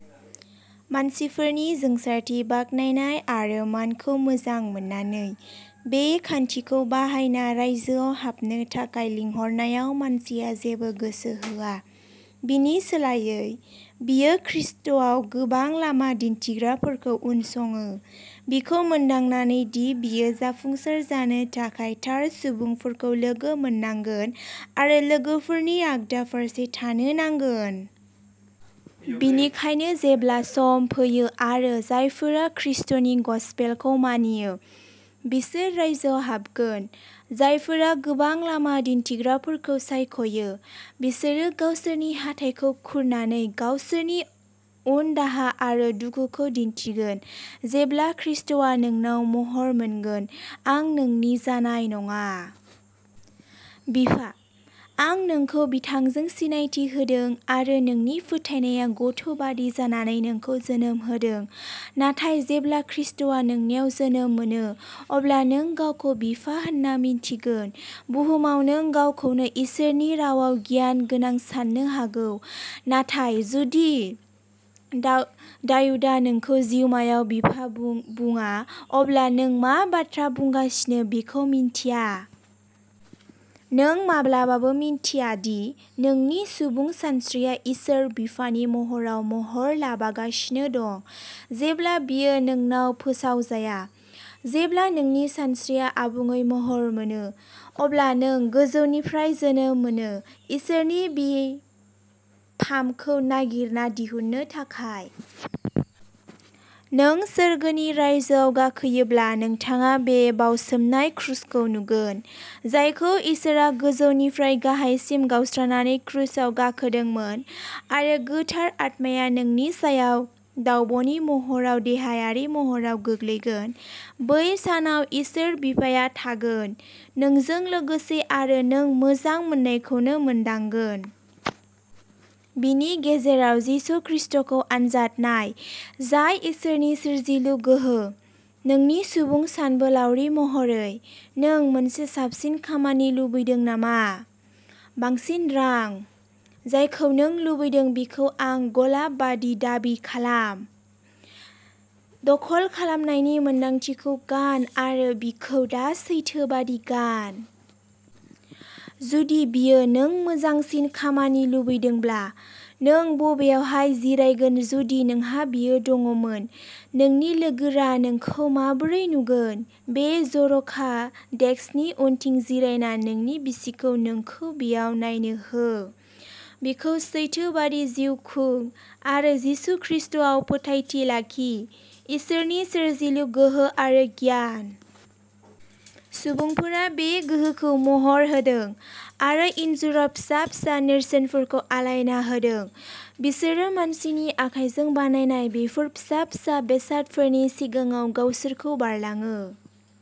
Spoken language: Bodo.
मानसिफोरनि जोंसारथि, बाख्नायनाय आरो मानखौ मोजां मोननानै, बे खान्थिखौ बाहायना रायजोआव हाबनो थाखाय लिंहरनायाव मानसिया जेबो गोसो होआ। बिनि सोलायै, बियो खृष्टआव गोबां लामा दिन्थिगिरिफोरखौ उनसङो, बेखौ मोनदांनानै दि बियो जाफुंसार जानो थाखाय थार सुबुंफोरखौ लोगो मोननांगोन आरो लामाफोरनि आगदा फारसे थानो नांगोन। बेनिखायनो जेब्ला सम फैयो आरो जायफोरा खृष्टनि गसपेलखौ मानियो, बिसोर रायजोआव हाबगोन, जायफोरा गोबां लामा दिन्थिगिरिफोरखौ सायख'यो, बिसोर गावसोरनि हाथाइखौ खुरनानै गावसोरनि उनदाहा आरो दुखुखौ दिन्थिगोन। जेब्ला ख्रीष्टआ नोंनाव महर मोनगोन, आं नोंनि जानाय नङा। बिफा। आं नोंखौ बिथांजों सिनायथि होदों आरो नोंनि फोथायनाया गथ'बायदि जानानै नोंखौ जोनोम होदों, नाथाय जेब्ला ख्रीष्टआ नोंनाव जोनोम मोनो, अब्ला नों गावखौ बिफा होनना मिन्थिगोन। बुहुमाव नों गावखौनो इसोरनि रावाव गियानगोनां साननो हागौ, नाथाय जुदि दाउदआ नोंखौ जिउमायाव बिफा बुंया, अब्ला नों मा बाथ्रा बुंगासिनो बेखौ मिन्थिया! नों माब्लाबाबो मिन्थिया दि नोंनि सुबुं सानस्रिया इसोर बिफानि महराव महर लाबोगासिनो दं जेब्लासिम बेयो नोंनाव फोसावजाया। जेब्ला नोंनि सानस्रिया आबुङै महर मोनो, अब्ला नों गोजौनिफ्राय जोनोम मोनो इसोरनि बिफामखौ नागिरना दिहुननो थाखाय। नों सोरगोनि रायजोआव गाखोयोब्ला, नोंथाङा बै बावसोमनाय क्रसखौ नुगोन जायखौ इसोरआ गोजौनिफ्राय गाहायसिम गावस्रानानै क्रुसाव गाखोदोंमोन। आरो गोथार आत्माया नोंनि सायाव दावब'नि महराव देहायारि महराव गोग्लैगोन। बै सानाव इसोर बिफाआ थागोन। नोंजों लोगोसे आरो नों मोजां मोननायखौनो मोनदांगोन! बेनि गेजेराव, जिसु ख्रीष्टखौ आनजाद नाय, जाय इसोरनि सोरजिलु गोहो, नोंनि सुबुं सानबोलावरि महरै! नों मोनसे साबसिन खामानि लुबैदों नामा? बांसिन रां? जायखौ नों लुबैदों बेखौ आं गलाब बायदि दाबि खालाम। दखल खालामनायनि मोन्दांथिखौ गान आरो बेखौ दा सैथो बायदि गान। जुदि बेयो नों मोजांसिन खामानि लुबैदोंब्ला, नों बबेहाय जिरायगोन जुदि नोंहा बेयो दंमोन? नोंनि लोगोरा नोंखौ माबोरै नुगोन? बै जर'खा डेस्कनि उनथिं जिरायना नोंनि बिसिखौ नोंखौ बैयाव नायनो हो। बेखौ सैथो बायदि जिउ खुं आरो जिसु ख्रीष्टआव फोथायथि लाखि, इसोरनि सोरजिलु गोहो आरो गियान। सुबुंफोरा बे गोहोखौ महर होदों आरो इन्जुराव फिसा फिसा नेरसोनफोरखौ आलायना होदों। बिसोरो मानसिनि आखाइजों बानायनाय बेफोर फिसा फिसा बेसादफोरनि सिगाङाव गावसोरखौ बारलाङो।